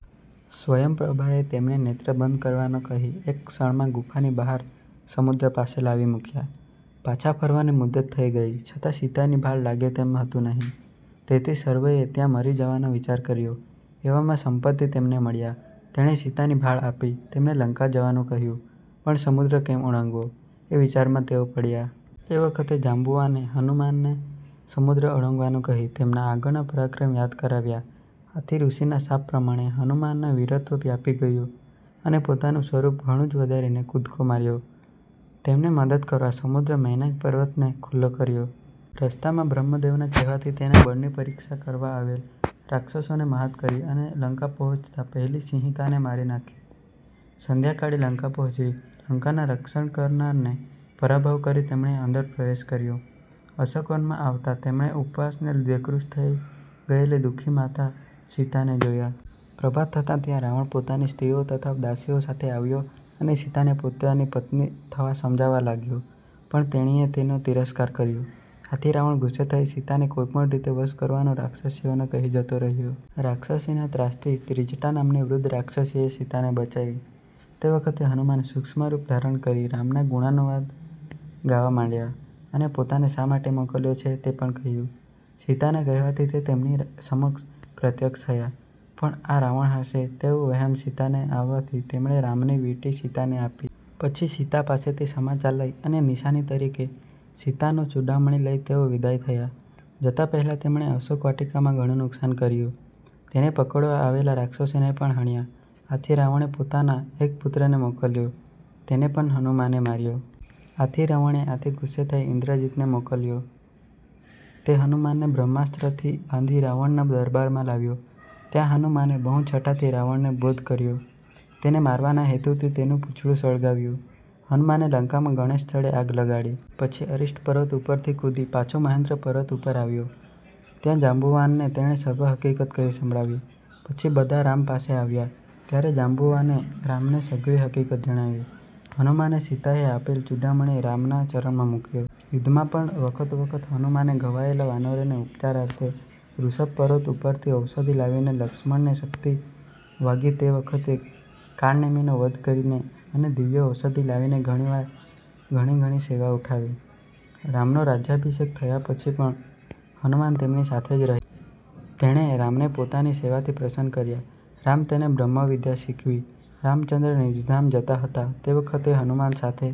સ્વયંપ્રભાએ તેમને નેત્ર બંધ કરવાનું કહી એક ક્ષણમાં ગુફાની બહાર સમુદ્ર પાસે લાવી મૂક્યા. પાછા ફરવાની મુદ્દત થઈ ગઈ છતાં સીતાની ભાળ લાગે તેમ હતું નહિ. તેથી સર્વેએ ત્યાં મરી જવાનો વિચાર કર્યો એવામાં સંપતિ તેમને મળ્યો, તેણે સીતાની ભાળ આપી તેમને લંકા જવા કહ્યું પણ સમુદ્ર કેમ ઓળંગવો એ વિચારમાં તેઓ પડ્યા. એ વખતે જાંબુવાને હનુમાનને સમુદ્ર ઓળંગવાનું કહી તેમના આગળના પરાક્રમ યાદ કરાવ્યા. આથી ઋષિના શાપ પ્રમાણે હનુમાનમાં વીરત્વ વ્યાપી ગયું અને પોતાનું સ્વરૂપ ઘણું જ વધારીને કૂદકો માર્યો. તેમને મદદ કરવા સમુદ્રે મૈનાક પર્વતને ખુલ્લો કર્યો. રસ્તામાં બ્રહ્મદેવના કહેવાથી તેના બળની પરીક્ષા કરવા આવેલ રાક્ષસોને મહાત કરી અને લંકા પહોચતાં પહેલા સિંહિકાને મારી નાખી; સંધ્યાકાળે લંકા પહોંચી, લંકાના રક્ષણ કરનારને પરાભવ કરી તેમણે અંદર પ્રવેશ કર્યો. અશોકવનમાં આવતાં તેમણે ઉપવાસને લીધે કૃશ થઈ ગયેલી દુખી માતા સીતાને જોયા. પ્રભાત થતાં ત્યાં રાવણ પોતાની સ્ત્રીઓ તથા દાસીઓ સાથે આવ્યો અને સીતાને પોતાની પત્ની થવા સમજાવવા લાગ્યો, પણ તેણીએ તેનો તિરસ્કાર કર્યો. આથી રાવણ ગુસ્સે થઈ સીતાને કોઈ પણ રીતે વશ કરવાનું રાક્ષસીઓને કહી જતો રહ્યો. રાક્ષસીના ત્રાસથી ત્રિજટા નામની વૃદ્ધ રાક્ષસીએ સીતાને બચાવી. તે વખતે હનુમાન સૂક્ષ્મ રૂપ ધારણ કરી રામના ગુણાનુવાદ ગાવા માંડ્યા અને પોતાને શા માટે મોકલ્યો છે તે પણ કહ્યું. સીતાના કહેવાથી તે તેમની સમક્ષ પ્રત્યક્ષ થયા, પણ આ રાવણ હશે તેવો વહેમ સીતાને આવવાથી તેમણે રામની વીંટી સીતાને આપી. પછી સીતા પાસેથી સમાચાર લઈ અને નિશાની તરીકે સીતાનો ચૂડામણિ લઈ તેઓ વિદાય થયા. જતાં પહેલાં તેમણે અશોકવાટિકામાં ઘણું નુક્સાન કર્યું. તેને પકડવા આવેલા રાક્ષસોને પણ હણ્યા. આથી રાવણે પોતાના એક પુત્રને મોકલ્યો, તેને પણ હનુમાને માર્યો. આથી રાવણે આથી ગુસ્સે થઈ ઇંદ્રજિતને મોકલ્યો; તે હનુમાનને બ્રહ્માસ્ત્રથી બાંધી રાવણના દરબારમાં લાવ્યો, ત્યાં હનુમાને બહુ છટાથી રાવણને બોધ કર્યો. તેને મારવાના હેતુથી તેનું પૂછડું સળગાવ્યું. હનુમાને લંકામાં ઘણે સ્થળે આગ લગાડી. પછી અરિષ્ટ પર્વત ઉપરથી કૂદી પાછો મહેંદ્ર પર્વત ઉપર આવ્યો. ત્યાં જાંબુવાનને તેણે સર્વ હકીકત કહી સંભળાવી. પછી બધા રામ પાસે આવ્યા, ત્યારે જાંબુવાને રામને સઘળી હકીકત જણાવી. હનુમાને સીતાએ આપેલ ચૂડામણિ રામના ચરણમાં મૂકયો. યુદ્ધમાં પણ વખતોવખત હનુમાને ઘવાયેલા વાનરોને ઉપચારાર્થે ઋષભ પર્વત ઉપરથી ઔષધિ લાવીને, લક્ષ્મણને શક્તિ વાગી તે વખતે કાળનેમીનો વધ કરીને અને દિવ્ય ઔષધિ લાવીને ઘણી ઘણી સેવા ઉઠાવી. રામનો રાજ્યાભિષેક થયા પછીપણ હનુમાન તેમની સાથે જ રહ્યા. તેણે રામને પોતાની સેવાથી પ્રસન્ન કર્યા, રામે તેને બ્રહ્મવિદ્યા શીખવી. રામચંદ્ર નિજધામ જતા હતા તે વખતે હનુમાન સાથે